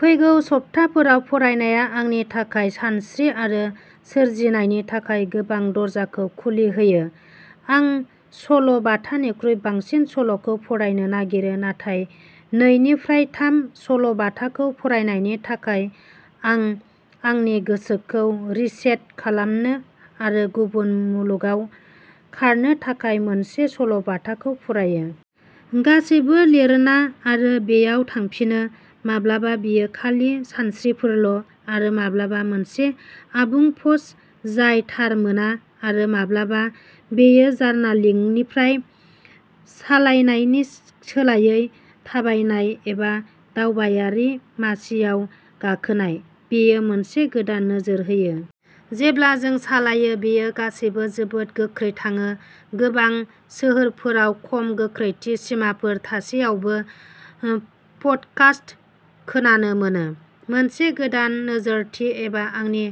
फैगौ सप्ताफोराव फरायनाया आंनि थाखाय सानस्रि आरो सोरजिनायनि थाखाय गोबां दरजाखौ खुलि होयो। आं सल'-बाथानिख्रुइ बांसिन सल'खौ फरायनो नागिरो, नाथाय नैनिफ्राय थाम सल'बाथाखौ फरायनायनि थाखाय, आं आंनि गोसोखौ रिसेट खालामनो आरो गुबुन मुलुगाव खारनो थाखाय मोनसे सल'बाथाखौ फरायो। गासैबो लिरना, आरो बेयाव थांफिनो। माब्लाबा बेयो खालि सानस्रिफोरल', आरो माब्लाबा मोनसे आबुं पस्ट जाय थार मोना, आरो माब्लाबा बेयो जार्नालिंगनिफ्राय। सालायनायनि सोलायै थाबायनाय, एबा, दावबायारि मासिआव गाखोनाय। बेयो मोनसे गोदान नोजोर होयो। जेब्ला जों सालायो, बेयो गासैबो जोबोद गोख्रै थाङो, गोबां सोहोरफोराव खम गोख्रैथि सिमाफोर थासेयावबो पडकास्ट खोनानो मोनो। मोनसे गोदान नोजोरथि एबा आंनि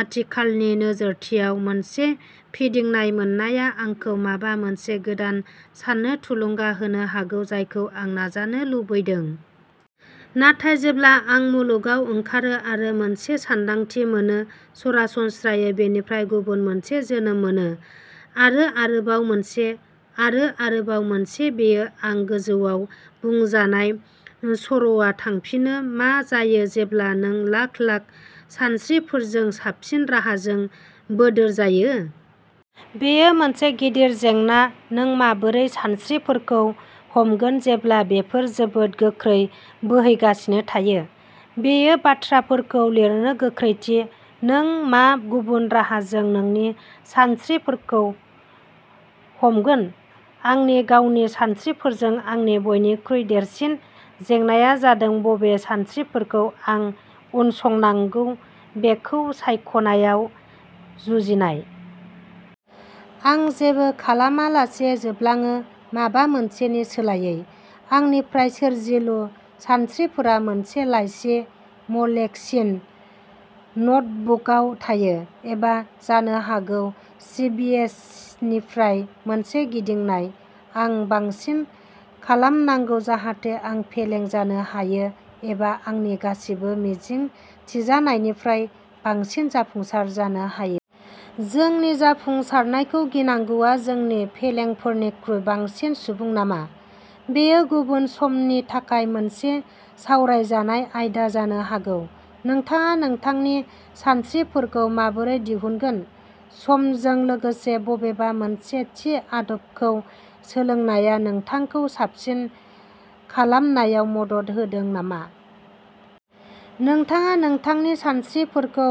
आथिखालनि नोजोरथियाव मोनसे फिदिंनाय मोननाया आंखौ माबा मोनसे गोदान साननो थुलुंगा होनो हागौ जायखौ आं नाजानो लुबैदों। नाथाय जेब्ला आं मुलुगाव ओंखारो, आरो मोनसे सानदांथि मोनो, सरासनस्रायै बेनिफ्राय गुबुन मोनसे जोनोम मोनो। आरो आरोबाव मोनसे। आरो आरोबाव मोनसे बेयो आं गोजौआव बुंजानाय सर'आव थांफिनो मा जायो जेब्ला नों लाख-लाख सानस्रिफोरजों साबसिन राहाजों बोदोर जायो? बेयो मोनसे गिदिर जेंना नों माबोरै सानस्रिफोरखौ हमगोन जेब्ला बेफोर जोबोद गोख्रै बोहैगासिनो थायो? बेयो बाथ्राफोरखौ लिरनो गोख्रैथि। नों मा गुबुन राहाजों नोंनि सानस्रिफोरखौ हमगोन? आंनि गावनि सानस्रिफोरजों आंनि बयनिख्रुइ देरसिन जेंनाया जादों बबे सानस्रिफोरखौ आं उनसंनांगौ बेखौ सायख'नायाव जुजिनाय। आं जेबो खालामालासे जोबलाङो, माबा मोनसेनि सोलायै। आंनि फ्राय सोरजिलु सानस्रिफोरा मोनसे लाइसि म'लेस्किन नटबुकआव थायो, एबा जानो हागौ सिभिएसनिफ्राय मोनसे गिदिंनाय। आं बांसिन खालामनांगौ जाहाथे आं फेलें जानो हायो, एबा आंनि गासिबो मिजिंथिजानायनिफ्राय बांसिन जाफुंसार जानो हायो। जोंनि जाफुंसारनायखौ गिनांगौआ जोंनि फेलेंफोरनिख्रुइ बांसिन सुबुं नामा? बेयो गुबुन समनि थाखाय मोनसे सावरायजानाय आयदा जानो हागौ नोंथाङा नोंथांनि सानस्रिफोरखौ माबोरै दिहुनगोन? समजों लोगोसे बबेबा मोनसे थि आदबखौ सोलोंनाया नोंथांखौ साबसिन खालामनायाव मदद होदों नामा? नोंथाङा नोंथांनि सानस्रिफोरखौ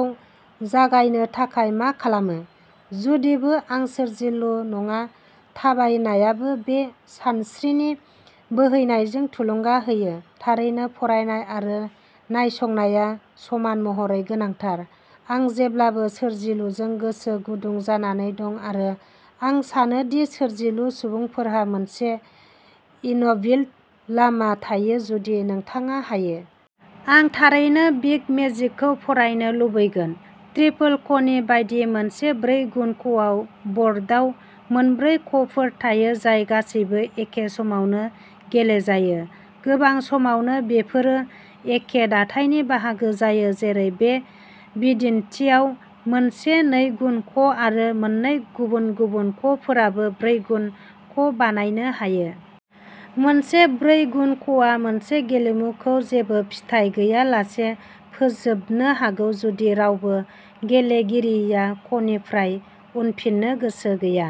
जागायनो थाखाय मा खालामो? जुदिबो आं सोरजिलु नङा थाबायनायाबो बे सानस्रिनि बोहैनायखौ थुलुंगा होयो। थारैनो, फरायनाय आरो नायसंनाया समान महरै गोनांथार। आं जेब्लाबो सोरजिलुजों गोसो गुदुं जानानै दं आरो आं सानो दि सोरजिलु सुबुंफोरहा मोनसे इनबिल्ट लामा थायो जुदि नोंथाङा हायो। आं थारैनो बिग मेजिकखौ फरायनो लुबैगोन। ट्रिपल क'नि बायदि, मोनसे ब्रैगुन क'आव बर्डआव मोनब्रै क'फोर थायो जाय गासैबो एखे समावनो गेलेजायो। गोबां समावनो बेफोरो एखे दाथायनि बाहागो जायो, जेरै बे बिदिन्थिआव। मोनसे नैगुन क'आरो मोननै गुबुन-गुबुन क'फोराबो ब्रैगुन क'बानायनो हायो। मोनसे ब्रैगुन क'आ मोनसे गेलेमुखौ जेबो फिथाय गैयालासे फोजोबनो हागौ जुदि रावबो गेलेगिरिया क'निफ्राय उनफिननो गोसो गैया।